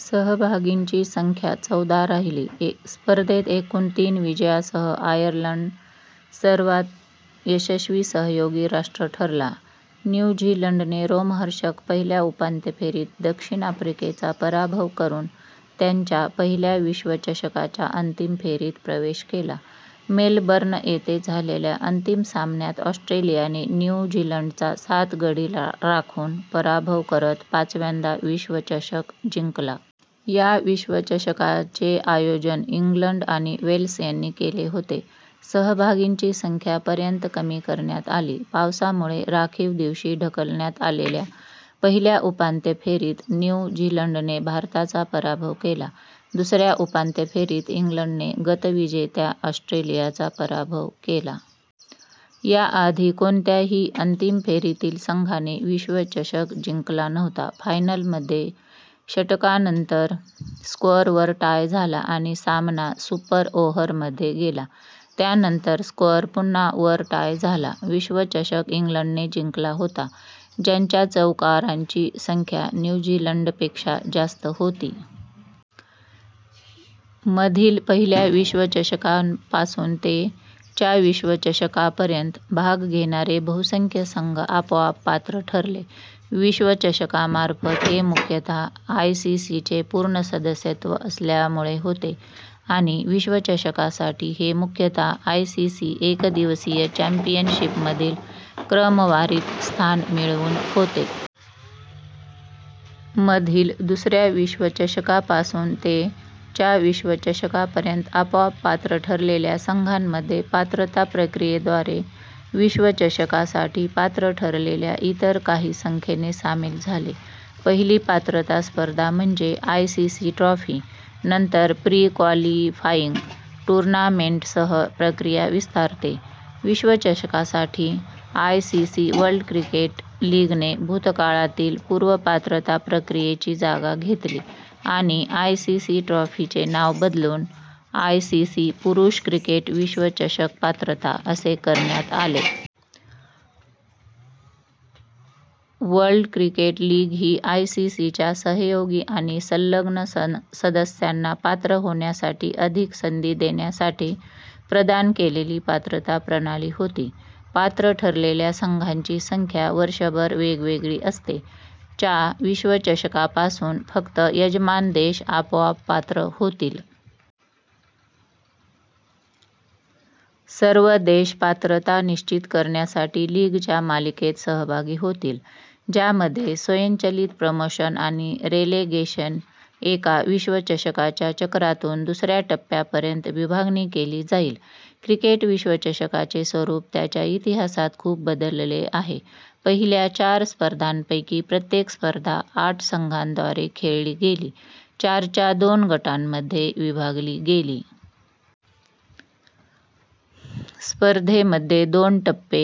सहभागींची संख्या चौदा राहिली. स्पर्धेत एकूण तीन विजयांसह आयर्लंड सर्वात यशस्वी सहयोगी राष्ट्र ठरला. न्यू झीलंडने रोमहर्षक पहिल्या उपांत्य फेरीत दक्षिण आफ्रिकेचा पराभव करून त्यांच्या पहिल्या विश्वचषकाच्या अंतिम फेरीत प्रवेश केला. मेलबर्न येथे झालेल्या अंतिम सामन्यात ऑस्ट्रेलियाने न्यू झीलंडचा सात गडी राखून पराभव करत पाचव्यांदा विश्वचषक जिंकला.। च्या विश्वचषकाचे आयोजन इंग्लंड आणि वेल्स यांनी केले होते. सहभागींची संख्या पर्यंत कमी करण्यात आली. पावसामुळे राखीव दिवशी ढकलण्यात आलेल्या पहिल्या उपांत्य फेरीत न्यू झीलंडने भारताचा पराभव केला. दुसऱ्या उपांत्य फेरीत इंग्लंडने गतविजेत्या ऑस्ट्रेलियाचा पराभव केला. याआधी कोणत्याही अंतिम फेरीतील संघाने विश्वचषक जिंकला नव्हता. फायनलमध्ये, षटकांनंतर स्कोअर वर टाय झाला आणि सामना सुपर ओव्हरमध्ये गेला, त्यानंतर स्कोअर पुन्हा वर टाय झाला. विश्वचषक इंग्लंडने जिंकला होता, ज्यांच्या चौकारांची संख्या न्यू झीलंडपेक्षा जास्त होती. मधील पहिल्या विश्वचषकापासून ते च्या विश्वचषकापर्यंत, भाग घेणारे बहुसंख्य संघ आपोआप पात्र ठरले. विश्वचषकापर्यंत हे मुख्यतः आयसीसी चे पूर्ण सदस्यत्व असल्यामुळे होते आणि विश्वचषकासाठी हे मुख्यतः आयसीसी एकदिवसीय चॅम्पियनशिपमधील क्रमवारीत स्थान मिळवून होते. मधील दुसऱ्या विश्वचषकापासून ते च्या विश्वचषकापर्यंत, आपोआप पात्र ठरलेल्या संघांमध्ये पात्रता प्रक्रियेद्वारे विश्वचषकासाठी पात्र ठरलेल्या इतर काही संख्येने सामील झाले. पहिली पात्रता स्पर्धा म्हणजे आयसीसी ट्रॉफी; नंतर प्री-क्वालिफायिंग टूर्नामेंट्ससह प्रक्रिया विस्तारते. विश्वचषकासाठी, आयसीसी वर्ल्ड क्रिकेट लीगने भूतकाळातील पूर्व-पात्रता प्रक्रियेची जागा घेतली; आणि "आयसीसी ट्रॉफी" चे नाव बदलून "आयसीसी पुरुष क्रिकेट विश्वचषक पात्रता" असे करण्यात आले. वर्ल्ड क्रिकेट लीग ही आयसीसीच्या सहयोगी आणि संलग्न सदस्यांना पात्र होण्यासाठी अधिक संधी देण्यासाठी प्रदान केलेली पात्रता प्रणाली होती. पात्र ठरलेल्या संघांची संख्या वर्षभर वेगवेगळी असते. च्या विश्वचषकापासून, फक्त यजमान देश आपोआप पात्र होतील. सर्व देश पात्रता निश्चित करण्यासाठी लीगच्या मालिकेत सहभागी होतील, ज्यामध्ये स्वयंचलित प्रमोशन आणि रेलेगेशन एका विश्वचषकाच्या चक्रातून दुसऱ्या टप्प्यापर्यंत विभागणी केली जाईल. क्रिकेट विश्वचषकाचे स्वरूप त्याच्या इतिहासात खूप बदलले आहे. पहिल्या चार स्पर्धांपैकी प्रत्येक स्पर्धा आठ संघांद्वारे खेळली गेली, चारच्या दोन गटांमध्ये विभागली गेली. स्पर्धेमध्ये दोन टप्पे,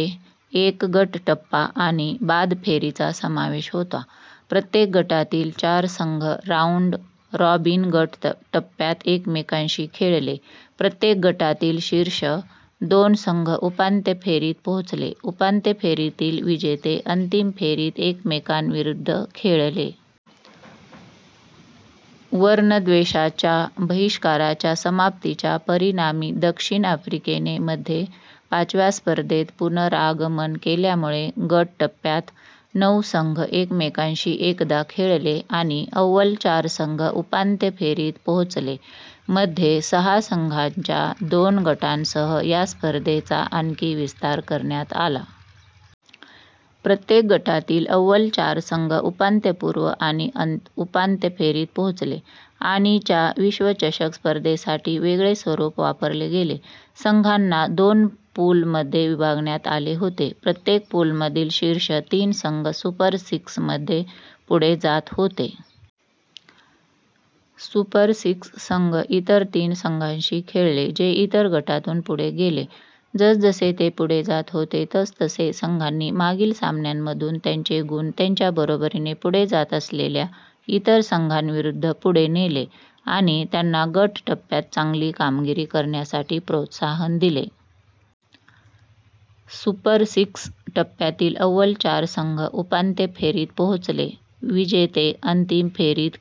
एक गट टप्पा आणि बाद फेरीचा समावेश होता. प्रत्येक गटातील चार संघ राऊंड-रॉबिन गट टप्प्यात एकमेकांशी खेळले, प्रत्येक गटातील शीर्ष दोन संघ उपांत्य फेरीत पोहोचले. उपांत्य फेरीतील विजेते अंतिम फेरीत एकमेकांविरुद्ध खेळले. वर्णद्वेषाच्या बहिष्काराच्या समाप्तीच्या परिणामी दक्षिण आफ्रिकेने मध्ये पाचव्या स्पर्धेत पुनरागमन केल्यामुळे, गट टप्प्यात नऊ संघ एकमेकांशी एकदा खेळले आणि अव्वल चार संघ उपांत्य फेरीत पोहोचले. मध्ये सहा संघांच्या दोन गटांसह या स्पर्धेचा आणखी विस्तार करण्यात आला. प्रत्येक गटातील अव्वल चार संघ उपांत्यपूर्व आणि उपांत्य फेरीत पोहोचले. आणि च्या विश्वचषक स्पर्धेसाठी वेगळे स्वरूप वापरले गेले. संघांना दोन पूलमध्ये विभागण्यात आले होते, प्रत्येक पूलमधील शीर्ष तीन संघ सुपर सिक्स मध्ये पुढे जात होते. सुपर सिक्स संघ इतर तीन संघांशी खेळले जे इतर गटातून पुढे गेले. जसजसे ते पुढे जात होते, तसतसे संघांनी मागील सामन्यांमधून त्यांचे गुण त्यांच्या बरोबरीने पुढे जात असलेल्या इतर संघांविरुद्ध पुढे नेले आणि त्यांना गट टप्प्यात चांगली कामगिरी करण्यासाठी प्रोत्साहन दिले. "सुपर सिक्स" टप्प्यातील अव्वल चार संघ उपांत्य फेरीत पोहोचले, विजेते अंतिम फेरीत खेळतील.